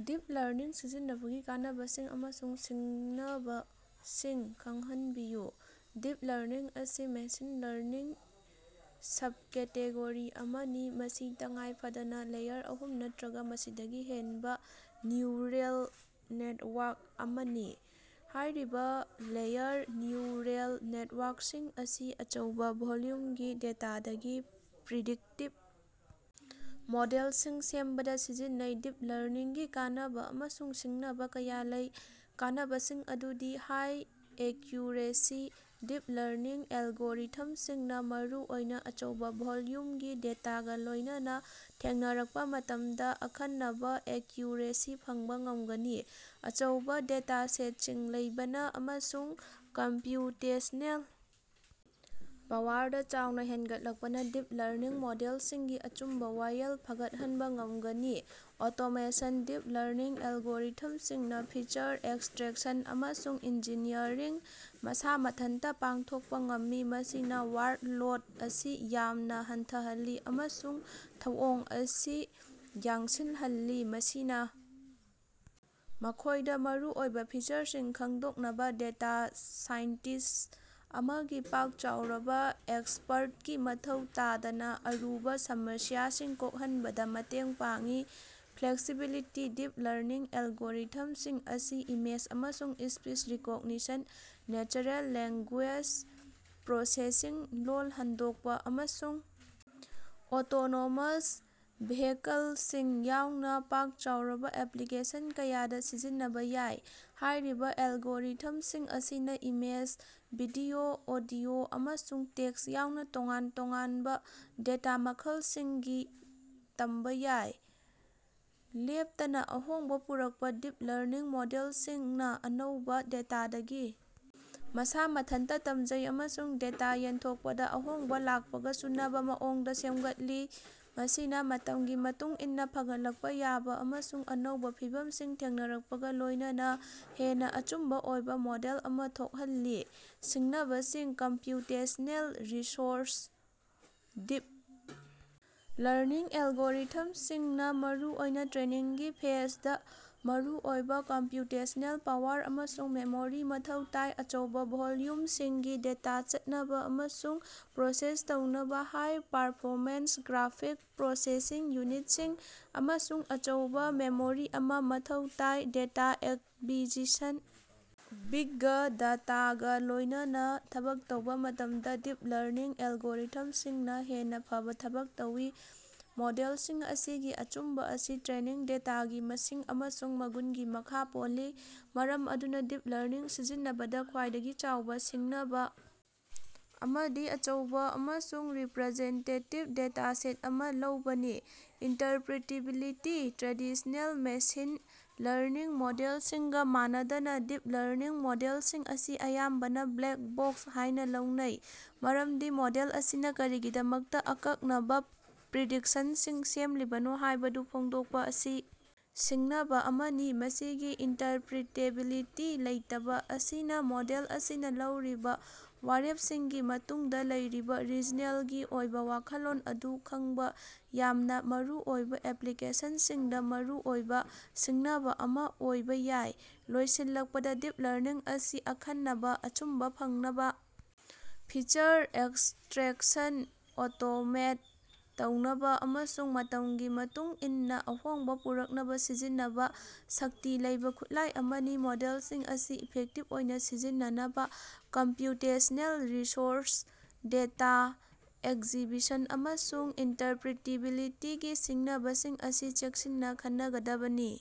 Deep learning ꯁꯤꯖꯤꯟꯅꯕꯒꯤ ꯀꯥꯟꯅꯕꯁꯤꯡ ꯑꯃꯁꯨꯡ ꯁꯤꯡꯅꯕꯁꯤꯡ ꯈꯪꯍꯟꯕꯤꯌꯨ꯫ ꯗꯤꯞ ꯂꯔꯅꯤꯡ ꯑꯁꯤ ꯃꯦꯁꯤꯟ ꯂꯔꯅꯤꯡꯒꯤ ꯁꯕꯀꯦꯇꯦꯒꯣꯔꯤ ꯑꯃꯅꯤ, ꯃꯁꯤ ꯇꯉꯥꯏꯐꯗꯅꯥ ꯂꯦꯌꯔ ꯑꯍꯨꯝ ꯅꯠꯇꯔꯒ ꯃꯁꯤꯗꯒꯤ ꯍꯦꯟꯕ ꯅ꯭ꯌꯨꯔꯦꯜ ꯅꯦꯠꯋꯥꯔꯛ ꯑꯃꯅꯤ꯫ ꯍꯥꯏꯔꯤꯕ ꯂꯦꯌꯔ ꯅ꯭ꯌꯨꯔꯦꯜ ꯅꯦꯠꯋꯥꯔꯛꯁꯤꯡ ꯑꯁꯤ ꯑꯆꯧꯕ ꯚꯣꯂ꯭ꯌꯨꯝꯒꯤ ꯗꯦꯇꯥꯗꯒꯤ ꯄ꯭ꯔꯤꯗꯤꯛꯇꯤꯚ ꯃꯣꯗꯦꯜꯁꯤꯡ ꯁꯦꯝꯕꯗꯥ ꯁꯤꯖꯤꯟꯅꯩ꯫ ꯗꯤꯞ ꯂꯔꯅꯤꯡꯒꯤ ꯀꯥꯟꯅꯕꯥ ꯑꯃꯁꯨꯡ ꯁꯤꯡꯅꯕ ꯀꯌꯥ ꯂꯩ꯫ ꯀꯥꯟꯅꯕꯁꯤꯡ ꯑꯗꯨꯗꯤ, ꯍꯥꯏ ꯑꯦꯀ꯭ꯌꯨꯔꯦꯁꯤ -ꯗꯤꯞ ꯂꯔꯅꯤꯡ ꯑꯦꯜꯒꯣꯔꯤꯊꯝꯁꯤꯡꯅ ꯃꯔꯨꯑꯣꯏꯅ ꯑꯆꯧꯕ ꯚꯣꯂ꯭ꯌꯨꯝꯒꯤ ꯗꯦꯇꯥꯒ ꯂꯣꯏꯅꯅꯥ ꯊꯦꯡꯅꯔꯛꯄ ꯃꯇꯝꯗ ꯑꯈꯟꯅꯕ ꯑꯦꯀ꯭ꯌꯨꯔꯦꯁꯤ ꯐꯪꯕ ꯉꯝꯒꯅꯤ꯫ ꯑꯆꯧꯕ ꯗꯦꯇꯥꯁꯦꯠꯁꯤꯡ ꯂꯩꯕꯅ ꯑꯃꯁꯨꯡ ꯀꯝꯄ꯭ꯌꯨꯇꯦꯁ꯭ꯅꯦꯜ ꯄꯥꯋꯔꯗ ꯆꯥꯎꯅ ꯍꯦꯟꯒꯠꯂꯛꯄꯅ ꯗꯤꯞ ꯂꯔꯅꯤꯡ ꯃꯣꯗꯦꯜꯁꯤꯡꯒꯤ ꯑꯆꯨꯝꯕ ꯋꯥꯌꯦꯜ ꯐꯒꯠꯍꯟꯕ ꯉꯝꯒꯅꯤ꯫ ꯑꯣꯇꯣꯃꯦꯁꯟ - ꯗꯤꯞ ꯂꯔꯅꯤꯡ ꯑꯦꯜꯒꯣꯔꯤꯊꯝꯁꯤꯡꯅ ꯐꯤꯆꯔ ꯑꯦꯛꯁꯇ꯭ꯔꯥꯛꯁꯟ ꯑꯃꯁꯨꯡ ꯏꯟꯖꯤꯅꯤꯌꯔꯤꯡ ꯃꯁꯥ ꯃꯊꯟꯇ ꯄꯥꯡꯊꯣꯛꯄ ꯉꯝꯃꯤ, ꯃꯁꯤꯅ ꯋꯥ꯭ꯔꯛꯂꯣꯗ ꯑꯁꯤ ꯌꯥꯝꯅ ꯍꯟꯊꯍꯜꯂꯤ ꯑꯃꯁꯨꯡ ꯊꯧꯑꯣꯡ ꯑꯁꯤ ꯌꯥꯡꯁꯤꯜꯍꯜꯂꯤ꯫ ꯃꯁꯤꯅ ꯃꯈꯣꯏꯗ ꯃꯔꯨꯑꯣꯏꯕ ꯐꯤꯆꯔꯁꯤꯡ ꯈꯪꯗꯣꯛꯅꯕꯥ ꯗꯦꯇꯥ ꯁꯥꯏꯟꯇꯤꯁ꯭ꯠ ꯑꯃꯒꯤ ꯄꯥꯛ ꯆꯥꯎꯔꯕ ꯑꯦꯛꯁꯄ꯭ꯔꯠꯀꯤ ꯃꯊꯧ ꯇꯥꯗꯅ ꯑꯔꯨꯕ ꯁꯃꯁ꯭ꯌꯥꯁꯤꯡ ꯀꯣꯛꯍꯟꯕꯗ ꯃꯇꯦꯡ ꯄꯥꯡꯏ꯫ ꯐ꯭ꯂꯦꯛꯁꯤꯕꯤꯂꯤꯇꯤ - ꯗꯤꯞ ꯂꯔꯅꯤꯡ ꯑꯦꯜꯒꯣꯔꯤꯊꯝꯁꯤꯡ ꯑꯁꯤ ꯏꯃꯦꯖ ꯑꯃꯁꯨꯡ speech recognition, natural language processing ꯂꯣꯜ ꯍꯟꯗꯣꯛꯄ, ꯑꯃꯁꯨꯡ ꯑꯣꯇꯣꯅꯣꯃꯁ ꯚꯦꯍꯤꯀꯜꯁꯤꯡ ꯌꯥꯎꯅ ꯄꯥꯛ ꯆꯥꯎꯔꯕ ꯑꯦꯄ꯭ꯂꯤꯀꯦꯁꯟ ꯀꯌꯥꯗ ꯁꯤꯖꯤꯟꯅꯕꯥ ꯌꯥꯏ꯫ ꯍꯥꯏꯔꯤꯕ ꯑꯦꯜꯒꯣꯔꯤꯊꯝꯁꯤꯡ ꯑꯁꯤꯅ ꯏꯃꯦꯖ, ꯚꯤꯗꯤꯑꯣ, ꯑꯣꯗꯤꯑꯣ, ꯑꯃꯁꯨꯡ ꯇꯦꯛꯁ ꯌꯥꯎꯅ ꯇꯣꯉꯥꯟ ꯇꯣꯉꯥꯟꯕ ꯗꯦꯇꯥ ꯃꯈꯜꯁꯤꯡꯗꯒꯤ ꯇꯝꯕꯥ ꯌꯥꯏ꯫ ꯂꯦꯞꯇꯅꯥ ꯑꯍꯣꯡꯕ ꯄꯨꯔꯛꯄ‌ - ꯗꯤꯞ ꯂꯔꯅꯤꯡ ꯃꯣꯗꯦꯜꯁꯤꯡꯅ ꯑꯅꯧꯕ ꯗꯦꯇꯥꯗꯒꯤ ꯃꯁꯥ ꯃꯊꯟꯇ ꯇꯝꯖꯩ ꯑꯃꯁꯨꯡ ꯗꯦꯇꯥ ꯌꯦꯟꯊꯣꯛꯄꯗ ꯑꯍꯣꯡꯕꯥ ꯂꯥꯛꯄꯒ ꯆꯨꯅꯕ‌ ꯃꯑꯣꯡꯗ ꯁꯦꯝꯒꯠꯂꯤ꯫ ꯃꯁꯤꯅ ꯃꯇꯝꯒꯤ ꯃꯇꯨꯡ ꯏꯟꯅ ꯐꯒꯠꯂꯛꯄ ꯌꯥꯕ ꯑꯃꯁꯨꯡ ꯑꯅꯧꯕ ꯐꯤꯚꯝꯁꯤꯡ ꯊꯦꯡꯅꯔꯛꯄꯒ ꯂꯣꯏꯅꯅꯥ ꯍꯦꯟꯅ ꯑꯆꯨꯝꯕ ꯑꯣꯏꯕ ꯃꯣꯗꯦꯜ ꯑꯃ ꯊꯣꯛꯍꯜꯂꯤ꯫ ꯁꯤꯡꯅꯕꯁꯤꯡ ,ꯀꯝꯄ꯭ꯌꯨꯇꯦꯁ꯭ꯅꯦꯜ ꯔꯤꯁꯣꯔꯁ - ꯗꯤꯞ ꯂꯔꯅꯤꯡ ꯑꯦꯜꯒꯣꯔꯤꯊꯝꯁꯤꯡꯅ ꯃꯔꯨꯑꯣꯏꯅ ꯇ꯭ꯔꯦꯅꯤꯡꯒꯤ ꯐꯦꯖꯗꯥ ꯃꯔꯨꯑꯣꯏꯕ ꯀꯝꯄ꯭ꯌꯨꯇꯦꯁꯅꯦꯜ ꯄꯥꯋꯔ ꯑꯃꯁꯨꯡ ꯃꯦꯃꯣꯔꯤ ꯃꯊꯧ ꯇꯥꯏ꯫ ꯑꯆꯧꯕ ꯚꯣꯂ꯭ꯌꯨꯝꯁꯤꯡꯒꯤ ꯗꯦꯇꯥ ꯆꯠꯅꯕ ꯑꯃꯁꯨꯡ ꯄ꯭ꯔꯣꯁꯦꯁ ꯇꯧꯅꯕ, ꯍꯥꯏ-ꯄꯥꯔꯐꯣꯔꯃꯦꯟꯁ ꯒ꯭ꯔꯥꯐꯤꯛ ꯄ꯭ꯔꯣꯁꯦꯁꯤꯡ ꯌꯨꯅꯤꯠ ꯁꯤꯡ ꯑꯃꯁꯨꯡ ꯑꯆꯧꯕ ꯃꯦꯃꯣꯔꯤ ꯑꯃ ꯃꯊꯧ ꯇꯥꯏ꯫ ꯗꯦꯇꯥ ꯑꯦꯛꯕꯤꯖꯤꯁꯟ - ꯕꯤꯒ ꯗꯦꯇꯥ ꯒꯥ ꯂꯣꯏꯅꯅꯥ ꯊꯕꯛ ꯇꯧꯕ‌ ꯃꯇꯝꯗ ꯗꯤꯞ ꯂꯔꯅꯤꯡ ꯑꯦꯜꯒꯣꯔꯤꯊꯝꯁꯤꯡꯅ ꯍꯦꯟꯅ ꯐꯕꯥ ꯊꯕꯛ ꯇꯧꯏ꯫ ꯃꯣꯗꯦꯜꯁꯤꯡ ꯑꯁꯤꯒꯤ ꯑꯆꯨꯝꯕ ꯑꯁꯤ ꯇ꯭ꯔꯦꯅꯤꯡ ꯗꯦꯇꯥꯒꯤ ꯃꯁꯤꯡ ꯑꯃꯁꯨꯡ ꯃꯒꯨꯟꯒꯤ ꯃꯈꯥ ꯄꯣꯜꯂꯤ꯫ ꯃꯔꯝ ꯑꯗꯨꯅ ꯗꯤꯞ ꯂꯔꯅꯤꯡ ꯁꯤꯖꯤꯟꯅꯕꯗ ꯈ꯭ꯋꯥꯏꯗꯒꯤ ꯆꯥꯎꯕ ꯁꯤꯡꯅꯕ ꯑꯃꯗꯤ ꯑꯆꯧꯕ ꯑꯃꯁꯨꯡ ꯔꯤꯄꯔꯖꯦꯟꯇꯦꯇꯤꯕ ꯗꯦꯇꯥꯁꯦꯠ ꯑꯃ ꯂꯧꯕꯅꯤ꯫ ꯏꯟꯇꯔꯄ꯭ꯔꯤꯇꯦꯕꯤꯂꯤꯇꯤ - ꯇ꯭ꯔꯦꯗꯤꯁ꯭ꯅꯦꯜ ꯃꯦꯁꯤꯟ ꯂꯔꯅꯤꯡ ꯃꯣꯗꯦꯜꯁꯤꯡꯒ ꯃꯥꯟꯅꯗꯅꯥ, ꯗꯤꯞ ꯂꯔꯅꯤꯡ ꯃꯣꯗꯦꯜꯁꯤꯡ ꯑꯁꯤ ꯑꯌꯥꯝꯕꯅ ꯕ꯭ꯂꯦꯛ ꯕꯣꯛꯁ ꯍꯥꯏꯅ ꯂꯧꯅꯩ ꯃꯔꯝꯗꯤ ꯃꯣꯗꯦꯜ ꯑꯁꯤꯅ ꯀꯔꯤꯒꯤꯗꯃꯛꯇ ꯑꯀꯛꯅꯕ ꯄ꯭ꯔꯤꯗꯤꯛꯁꯟꯁꯤꯡ ꯁꯦꯝꯂꯤꯕꯅꯣ ꯍꯥꯏꯕꯗꯨ ꯐꯣꯡꯗꯣꯛꯄ ꯑꯁꯤ ꯁꯤꯡꯅꯕꯥ ꯑꯃꯅꯤ꯫ ꯃꯁꯤꯒꯤ ꯏꯟꯇꯔꯄ꯭ꯔꯤꯇꯦꯕꯤꯂꯤꯇꯤ ꯂꯩꯇꯕꯥ ꯑꯁꯤꯅ ꯃꯣꯗꯦꯜ ꯑꯁꯤꯅ ꯂꯧꯔꯤꯕ ꯋꯥꯔꯦꯞꯁꯤꯡꯒꯤ ꯃꯇꯨꯡꯗ ꯂꯩꯔꯤꯕ ꯔꯤꯖꯅꯦꯜꯒꯤ ꯑꯣꯏꯕ ꯋꯥꯈꯜꯂꯣꯟ ꯑꯗꯨ ꯈꯪꯕ ꯌꯥꯝꯅ ꯃꯔꯨ ꯑꯣꯏꯕ ꯑꯦꯄ꯭ꯂꯤꯀꯦꯁꯟꯁꯤꯡꯗ ꯃꯔꯨꯑꯣꯏꯕ ꯁꯤꯡꯅꯕꯥ ꯑꯃ ꯑꯣꯏꯕ ꯌꯥꯏ꯫ ꯂꯣꯏꯁꯤꯜꯂꯛꯄꯗ, ꯗꯤꯞ ꯂꯔꯅꯤꯡ ꯑꯁꯤ ꯑꯈꯟꯅꯕ ꯑꯆꯨꯝꯕ ꯐꯪꯅꯕꯥ, ꯐꯤꯆꯔ ꯑꯦꯛꯁꯇ꯭ꯔꯦꯛꯁꯟ ꯑꯣꯇꯣꯃꯦꯠ ꯇꯧꯅꯕꯥ ꯑꯃꯁꯨꯡ ꯃꯇꯝꯒꯤ ꯃꯇꯨꯡ ꯏꯟꯅ ꯑꯍꯣꯡꯕ ꯄꯨꯔꯛꯅꯕ ꯁꯤꯖꯤꯟꯅꯕ ꯁꯛꯇꯤ ꯂꯩꯕ ꯈꯨꯠꯂꯥꯏ ꯑꯃꯅꯤ꯫ ꯃꯣꯗꯦꯜꯁꯤꯡ ꯑꯁꯤ ꯏꯐꯦꯛꯇꯤꯕ ꯑꯣꯏꯅ ꯁꯤꯖꯤꯟꯅꯅꯕꯥ ꯀꯝꯄ꯭ꯌꯨꯇꯦꯁ꯭ꯅꯦꯜ ꯔꯤꯁꯣꯔꯁ, ꯗꯦꯇꯥ ꯑꯦꯛꯖꯤꯕꯤꯁꯟ, ꯑꯃꯁꯨꯡ ꯏꯟꯇꯔꯄ꯭ꯔꯤꯇꯦꯕꯤꯂꯤꯇꯤꯒꯤ ꯁꯤꯡꯅꯕꯁꯤꯡ ꯑꯁꯤ ꯆꯦꯛꯁꯤꯟꯅ ꯈꯟꯅꯒꯗꯕꯅꯤ꯫